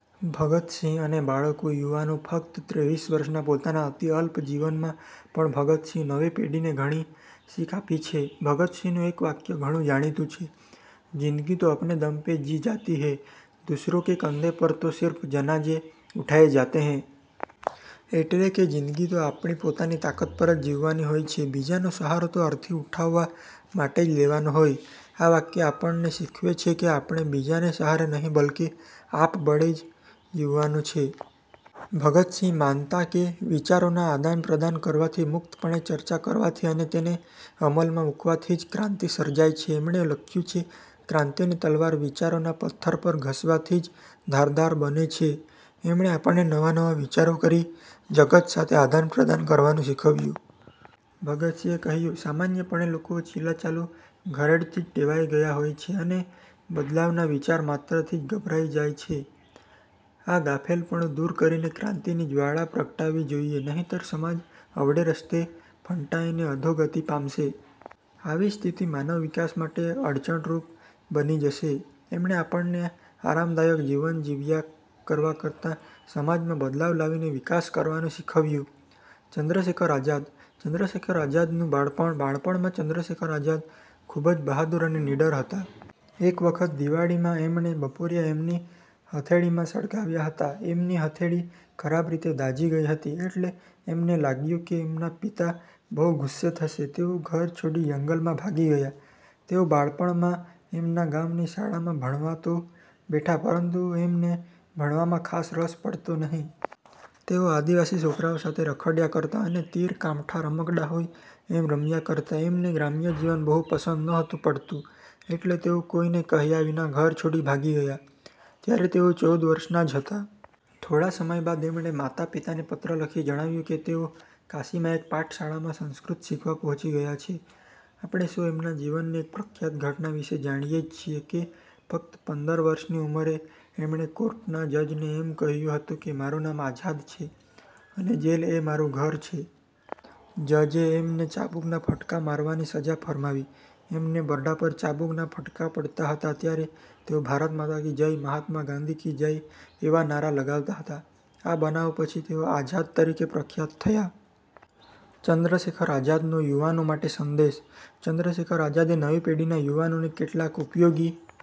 ભગતસિંહ અને બાળકો યુવાનો: ફક્ત ત્રેવીસ વર્ષના પોતાના અતિ અલ્પ જીવનમાં પણ ભગતસિંહે નવી પેઢીને ઘણી શીખ આપી છે. ભગતસિંહનું એક વાક્ય ઘણું જાણીતું છે, "જિંદગી તો અપને દમ પે જી જાતી હૈ, દૂસરોં કે કંધે પર તો સિર્ફ જનાજે ઉઠાયે જાતે હૈ." એટલે કે, "જિંદગી તો આપણી પોતાની તાકાત પર જ જીવવાની હોય છે. બીજાનો સહારો તો અર્થી ઉઠાવવા। માટે જ લેવાનો હોય." આ વાક્ય આપણને શીખવે છે કે આપણે બીજાને સહારે નહિ બલ્કે આપબળે જ જીવવાનું છે. ભગતસિંહ માનતા કે વિચારોના આદાનપ્રદાન કરવાથી, મુક્તપણે ચર્ચા કરવાથી અને તેને અમલમાં મુકવાથી જ ક્રાંતિ સર્જાય છે. એમણે લખ્યું છે "ક્રાંતિની તલવાર વિચારોના પથ્થર પર ઘસવાથી જ ધારદાર બને છે." એમણે આપણને નવા-નવા વિચારો કરી, જગત સાથે આદાનપ્રદાન કરવાનું શીખવ્યું. ભગતસિંહે કહ્યું છે, "સામાન્યપણે લોકો ચીલાચાલુ ઘરેડથી જ ટેવાઈ ગયા હોય છે અને બદલાવના વિચાર માત્રથી જ ગભરાઈ જાય છે. આ ગાફેલપણું દૂર કરીને ક્રાંતિની જવાળા પ્રગટાવવી જોઈએ. નહીંતર સમાજ અવળે રસ્તે ફંટાઈને અધોગતિ પામશે. આવી સ્થિતિ માનવ વિકાસ માટે અડચણરૂપ બની જશે." એમણે આપણને આરામદાયક જીવન જીવ્યા કરવા કરતાં સમાજમાં બદલાવ લાવીને વિકાસ કરવાનું શીખવ્યું. ચંદ્રશેખર આઝાદ: ચંદ્રશેખર આઝાદનું બાળપણ: બાળપણમાં ચંદ્રશેખર આઝાદ ખુબ જ બહાદુર અને નીડર હતા. એક વખત દિવાળીમાં એમણે બપોરીયા એમની હથેળીમાં સળગાવ્યા હતા. એમની હથેળી ખરાબ રીતે દાઝી ગઈ હતી એટલે એમને લાગ્યું કે એમના પિતા બહુ ગુસ્સે થશે. તેઓ ઘર છોડી જંગલમાં ભાગી ગયા! તેઓ બાળપણમાં એમના ગામની શાળામાં ભણવા તો બેઠા પરંતુ એમને ભણવામાં ખાસ રસ પડતો નહિ. તેઓ આદિવાસી છોકરાઓ સાથે રખડયા કરતા અને તીર કામઠાં રમકડાં હોય એમ રમ્યા કરતા. એમને ગ્રામ્ય જીવન બહુ પસંદ નહોતું પડતું એટલે તેઓ કોઈને કહ્યા વિના ઘર છોડી ભાગી ગયા. ત્યારે તેઓ ચૌદ વર્ષના જ હતા. થોડા સમય બાદ એમણે માતા પિતાને પત્ર લખી જણાવ્યું કે તેઓ કાશીમાં એક પાઠશાળામાં સંસ્કૃત શીખવા પહોંચી ગયા છે. આપણે સૌ એમના જીવનની એક પ્રખ્યાત ઘટના વિષે જાણીએ જ છીએ કે ફક્ત પંદર વર્ષની ઉંમરે એમણે કોર્ટના જજને એમ કહ્યું હતું કે મારુ નામ આઝાદ છે, અને જેલ એ મારું ઘર છે. જજે એમને ચાબુકના ફટકા મારવાની સજા ફરમાવી. એમને બરડા પર ચાબુકના ફટકા પડતા હતા ત્યારે તેઓ "ભારત માતા કી જય", "મહાત્મા ગાંધી કી જય" એવા નારા લગાવતા હતા. આ બનાવ પછી તેઓ આઝાદ તરીકે પ્રખ્યાત થયા. ચંદ્રશેખર આઝાદનો યુવાનો માટે સંદેશ: ચંદ્રશેખર આઝાદે નવી પેઢીના યુવાનોને કેટલાક ઉપયોગી